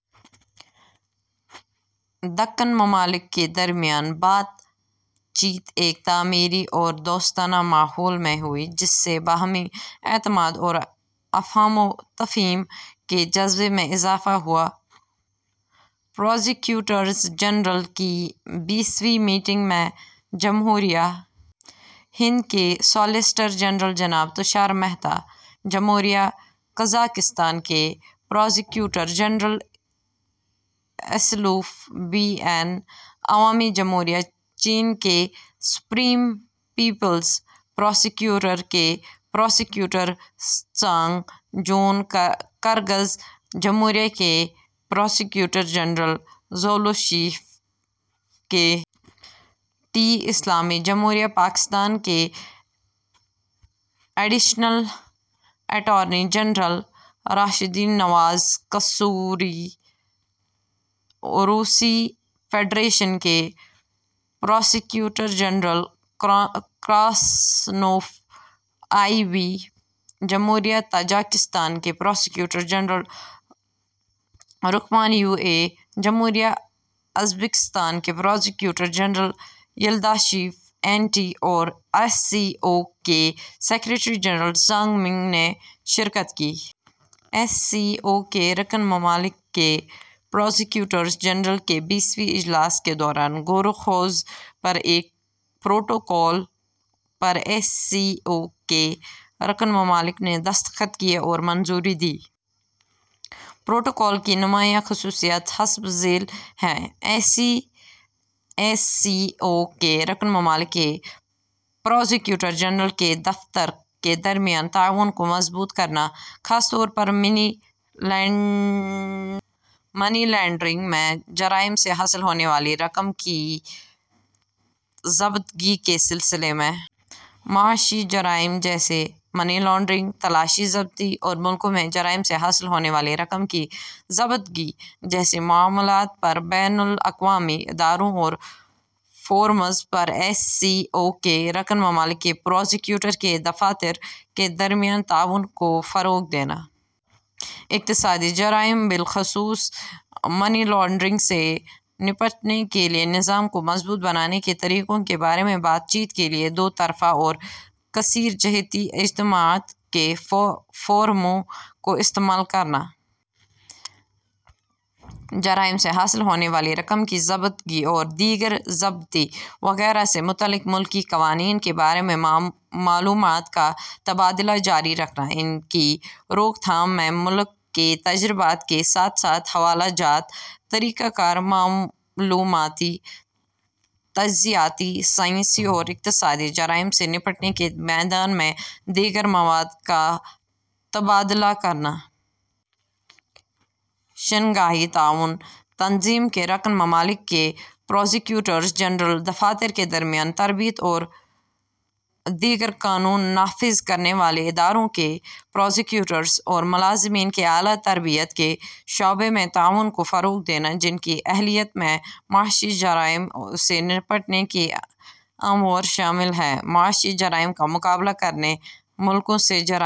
رکن ممالک کے درمیان بات چیت ایک تعمیری اور دوستانہ ماحول میں ہوئی، جس سے باہمی اعتماد اور افہام و تفہیم کے جذبے میں اضافہ ہوا۔ پراسیکیوٹرز جنرل کی بیسویں میٹنگ میں جمہوریۂ ہند کے سالیسیٹر جنرل جناب تشار مہتا، جمہوریہ قزاقستان کے prosecutor general Asylov B N, عوامی جمہوریہ چین کے سپریم پیپلز پراسیکیوٹر کے پراسیکیوٹر ژانگ جون، کرغز جمہوریہ کے prosecutor general Zholoshev K T, اسلامی جمہوریۂ پاکستان کے additional attorney general Rashdeen Nawaz Kasuri, روسی فیڈریشن کے prosecutor general Krasnov I V, جمہوریۂ تاجکستان کے prosecutor general Rakhmon U A, جمہوریۂ ازبیکستان کے prosecutor general Yuldashev N T اور ایس سی او کے سیکرٹری جنرل ژانگ منگ نے شرکت کی۔ ایس سی او کے رکن ممالک کے پراسیکیوٹرز جنرل کے بیسویں اجلاس کے دوران غور و خوض پر ایک پروٹوکول پر ایس سی او کے رکن ممالک نے دستخط کیے اور منظوری دی۔ پروٹوکول کی نمایاں خصوصیات حسب ذیل ہیں: ایس سی او کے رکن ممالک کے پراسیکیوٹر جنرل کے دفاتر کے درمیان تعاون کو مضبوط کرنا، خاص طور پر منی لانڈرنگ میں جرائم سے حاصل ہونے والی رقم کی ضبطگی کے سلسلے میں۔ معاشی جرائم جیسے منی لانڈرنگ، تلاشی، ضبطی اور ملکوں میں جرائم سے حاصل ہونے والی رقم کی ضبطگی جیسے معاملات پر بین الاقوامی اداروں اور فورمز پر ایس سی او کے رکن ممالک کے پراسیکیوٹر کے دفاتر کے درمیان تعاون کو فروغ دینا۔ اقتصادی جرائم، بالخصوص منی لانڈرنگ سے نمٹنے کے لیے نظام کو مضبوط بنانے کے طریقوں کے بارے میں بات چیت کے لیے دو طرفہ اور کثیر جہتی اجتماعات کے فورموں کو استعمال کرنا۔ جرائم سے حاصل ہونے والی رقم کی ضبطگی اور دیگر ضبطی وغیرہ سے متعلق ملکی قوانین کے بارے میں معلومات کا تبادلہ جاری رکھنا۔ ان کی روک تھام میں ملک کے تجربات کے ساتھ ساتھ حوالہ جات، طریقہ کار، معلوماتی، تجزیاتی، سائنسی اور اقتصادی جرائم سے نمٹنے کے میدان میں دیگر مواد کا تبادلہ کرنا۔ شنگھائی تعاون تنظیم کے رکن ممالک کے پراسیکیوٹرز جنرل دفاتر کے درمیان تربیت اور دیگر قانون نافذ کرنے والے اداروں کے پراسیکیوٹرز اور ملازمین کی اعلیٰ تربیت کے شعبے میں تعاون کو فروغ دینا، جن کی اہلیت میں معاشی جرائم سے نمٹنے کے امور شامل ہیں۔ معاشی جرائم کا مقابلہ کرنے، ملکوں سے جرائم